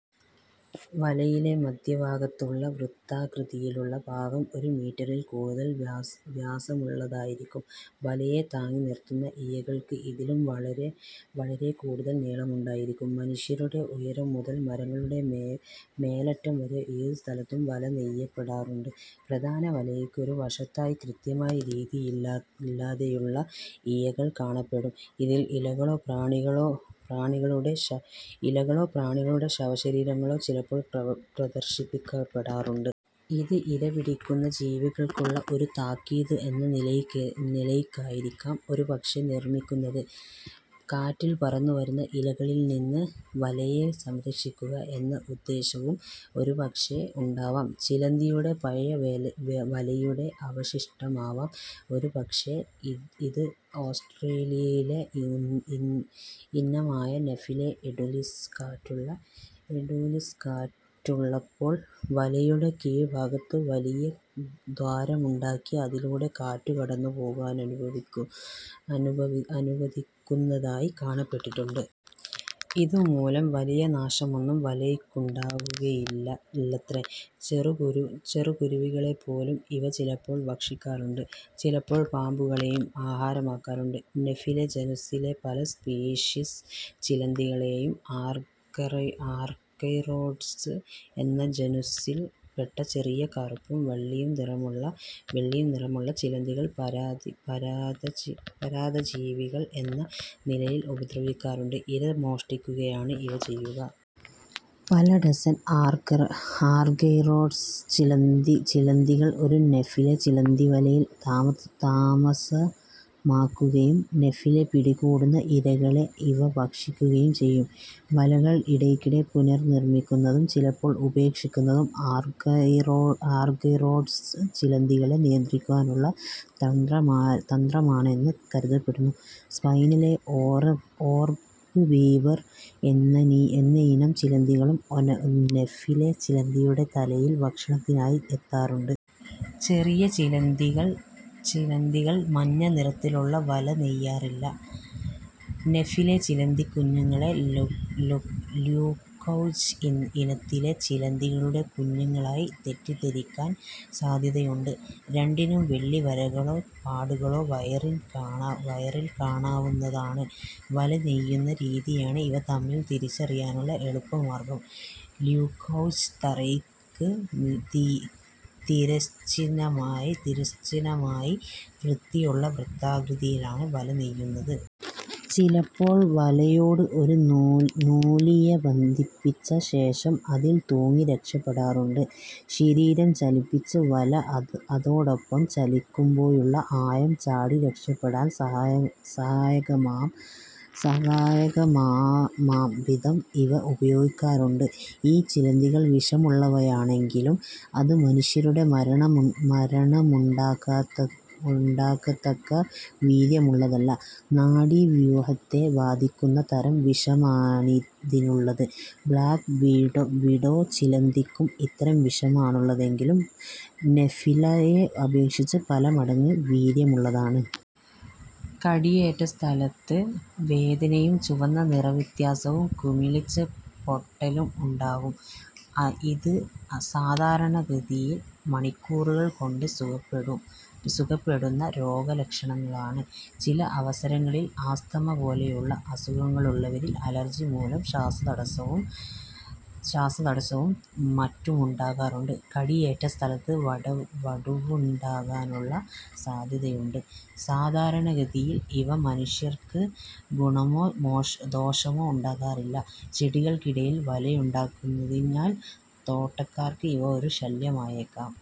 വലയിലെ മദ്ധ്യഭാഗത്തുള്ള വൃത്താകൃതിയിലുള്ള ഭാഗം ഒരു മീറ്ററിൽ കൂടുതൽ വ്യാസമുള്ളതായിരിക്കും. വലയെ താങ്ങി നിർത്തുന്ന ഇഴകൾക്ക് ഇതിലും വളരെക്കൂടുതൽ നീളമുണ്ടായിരിക്കും. മനുഷ്യരുടെ ഉയരം മുതൽ മരങ്ങളുടെ മേലറ്റം വരെ ഏതുസ്ഥലത്തും വല നെയ്യപ്പെടാറുണ്ട്. പ്രധാന വലയ്ക്ക് ഒരു വശത്തായി കൃത്യമായ രീതിയിലല്ലാതെയുള്ള ഇഴകൾ കാണപ്പെടും. ഇതിൽ ഇലകളോ പ്രാണികളുടെ ശവശരീരങ്ങളോ ചിലപ്പോൾ പ്രദർശിപ്പിക്കപ്പെടാറുണ്ട്. ഇത് ഇരപിടിക്കുന്ന ജീവികൾക്കുള്ള ഒരു താക്കീത് എന്ന നിലയ്ക്കായിരിക്കാം ഒരുപക്ഷേ നിർമ്മിക്കുന്നത്. കാറ്റിൽ പറന്നുവരുന്ന ഇലകളിൽ നിന്ന് വലയെ സംരക്ഷിക്കുക എന്ന ഉദ്ദേശവും ഒരുപക്ഷേ ഉണ്ടാവാം. ചിലന്തിയുടെ പഴയ വലയുടെ അവശിഷ്ടമാവാം ഒരുപക്ഷേ ഇത്. ഓസ്ട്രേലിയയിലെ ഇനമായ നെഫില എഡൂലിസ് കാറ്റുള്ളപ്പോൾ വലയുടെ കീഴ് ഭാഗത്ത് വലിയ ദ്വാരമുണ്ടാക്കി അതിലൂടെ കാറ്റു കടന്നുപോകാനനുവദിക്കുന്നതായി കാണപ്പെട്ടിട്ടുണ്ട്. ഇതുമൂലം വലിയ നാശമൊന്നും വലയ്ക്കുണ്ടാവുകയില്ലത്രേ. ചെറു കുരുവികളെപ്പോലും ഇവ ചിലപ്പോൾ ഭക്ഷിക്കാറുണ്ട്. ചിലപ്പോൾ പാമ്പുകളെയും ആഹാരമാക്കാറുണ്ട്. നെഫില ജനുസിലെ പല സ്പീഷീസ് ചിലന്തികളെയും ആർഗൈറോഡ്സ് എന്ന ജനുസ്സിൽ പെട്ട ചെറിയ കറുപ്പും വെള്ളിയും നിറമുള്ള ചിലന്തികൾ പരാദജീവികൾ എന്ന നിലയിൽ ഉപദ്രവിക്കാറുണ്ട്. ഇര മോഷ്ടിക്കുകയാണ് ഇവ ചെയ്യുക. പല ഡസൻ ആർഗൈറോഡ്സ് ചിലന്തികൾ ഒരു നെഫില ചിലന്തിവലയിൽ താമസമാക്കുകയും നെഫില പിടികൂടുന്ന ഇരകളെ ഇവ ഭക്ഷിക്കുകയും ചെയ്യും. വലകൾ ഇടയ്ക്കിടെ പുനർനിർമ്മിക്കുന്നതും ചിലപ്പോൾ ഉപേക്ഷിക്കുന്നതും ആർഗൈറോഡ്സ് ചിലന്തികളെ നിയന്ത്രിക്കാനുള്ള തന്ത്രമാണെന്ന് കരുതപ്പെടുന്നു. സ്പൈനി ഓർബ് വീവർ എന്നയിനം ചിലന്തികളും നെഫില ചിലന്തിയുടെ വലയിൽ ഭക്ഷണത്തിനായി എത്താറുണ്ട്. ചെറിയ ചിലന്തികൾ മഞ്ഞ നിറത്തിലുള്ള വല നെയ്യാറില്ല. നെഫില ചിലന്തിക്കുഞ്ഞുങ്ങളെ ല്യൂകൗജ് ഇനത്തിലെ ചിലന്തികളുടെ കുഞ്ഞുങ്ങളായി തെറ്റിദ്ധരിക്കാൻ സാദ്ധ്യതയുണ്ട്. രണ്ടിനും വെള്ളി വരകളോ പാടുകളോ വയറിൽ കാണാവുന്നതാണ്. വല നെയ്യുന്ന രീതിയാണ് ഇവ തമ്മിൽ തിരിച്ചറിയാനുള്ള എളുപ്പ മാർഗ്ഗം. ല്യൂകൗജ് തറയ്ക്ക് തിരശ്ചീനമായി വൃത്തിയുള്ള വൃത്താകൃതിയിലാണ് വല നെയ്യുന്നത്. ചിലപ്പോൾ വലയോട് ഒരു നൂലിഴ ബന്ധിപ്പിച്ച ശേഷം അതിൽ തൂങ്ങി രക്ഷപ്പെടാറുണ്ട്. ശരീരം ചലിപ്പിച്ച് വല അതോടൊപ്പം ചലിക്കുമ്പോഴുള്ള ആയം ചാടി രക്ഷപ്പെടാൻ സഹായകമാം വിധം ഇവ ഉപയോഗിക്കാറുണ്ട്. ഈ ചിലന്തികൾ വിഷമുള്ളവയാണെങ്കിലും അത് മനുഷ്യരുടെ മരണമുണ്ടാക്കത്തക്ക വീര്യമുള്ളതല്ല. നാടീവ്യൂഹത്തെ ബാധിക്കുന്ന തരം വിഷമാണിതിനുള്ളത്. ബ്ലാക്ക് വിഡോ ചിലന്തിക്കും ഇത്തരം വിഷമാണുള്ളതെങ്കിലും നെഫിലയെ അപേക്ഷിച്ച് പല മടങ്ങ് വീര്യമുള്ളതാണ്. കടിയേറ്റ സ്ഥലത്ത് വേദനയും ചുവന്ന നിറവ്യത്യാസവും കുമിളിച്ച് പൊട്ടലും ഉണ്ടാകും. ഇത് സാധാരണഗതിയിൽ മണിക്കൂറുകൾ കൊണ്ട് സുഖപ്പെടുന്ന രോഗലക്ഷണങ്ങളാണ്. ചില അവസരങ്ങളിൽ ആസ്തമ പോലെയുള്ള അസുഖങ്ങളുള്ളവരിൽ അലർജി മൂലം ശ്വാസതടസ്സവും മറ്റുമുണ്ടാകാറുണ്ട്. കടിയേറ്റസ്ഥലത്ത് വടുവുണ്ടാകാനുള്ള സാദ്ധ്യതയുമുണ്ട്. സാധാരണഗതിയിൽ ഇവ മനുഷ്യർക്ക് ഗുണമോ ദോഷമോ ഉണ്ടാക്കാറില്ല. ചെടികൾക്കിടയിൽ വലയുണ്ടാക്കുന്നതിനാൽ തോട്ടക്കാർക്ക് ഇവ ഒരു ശല്യമായേക്കാം.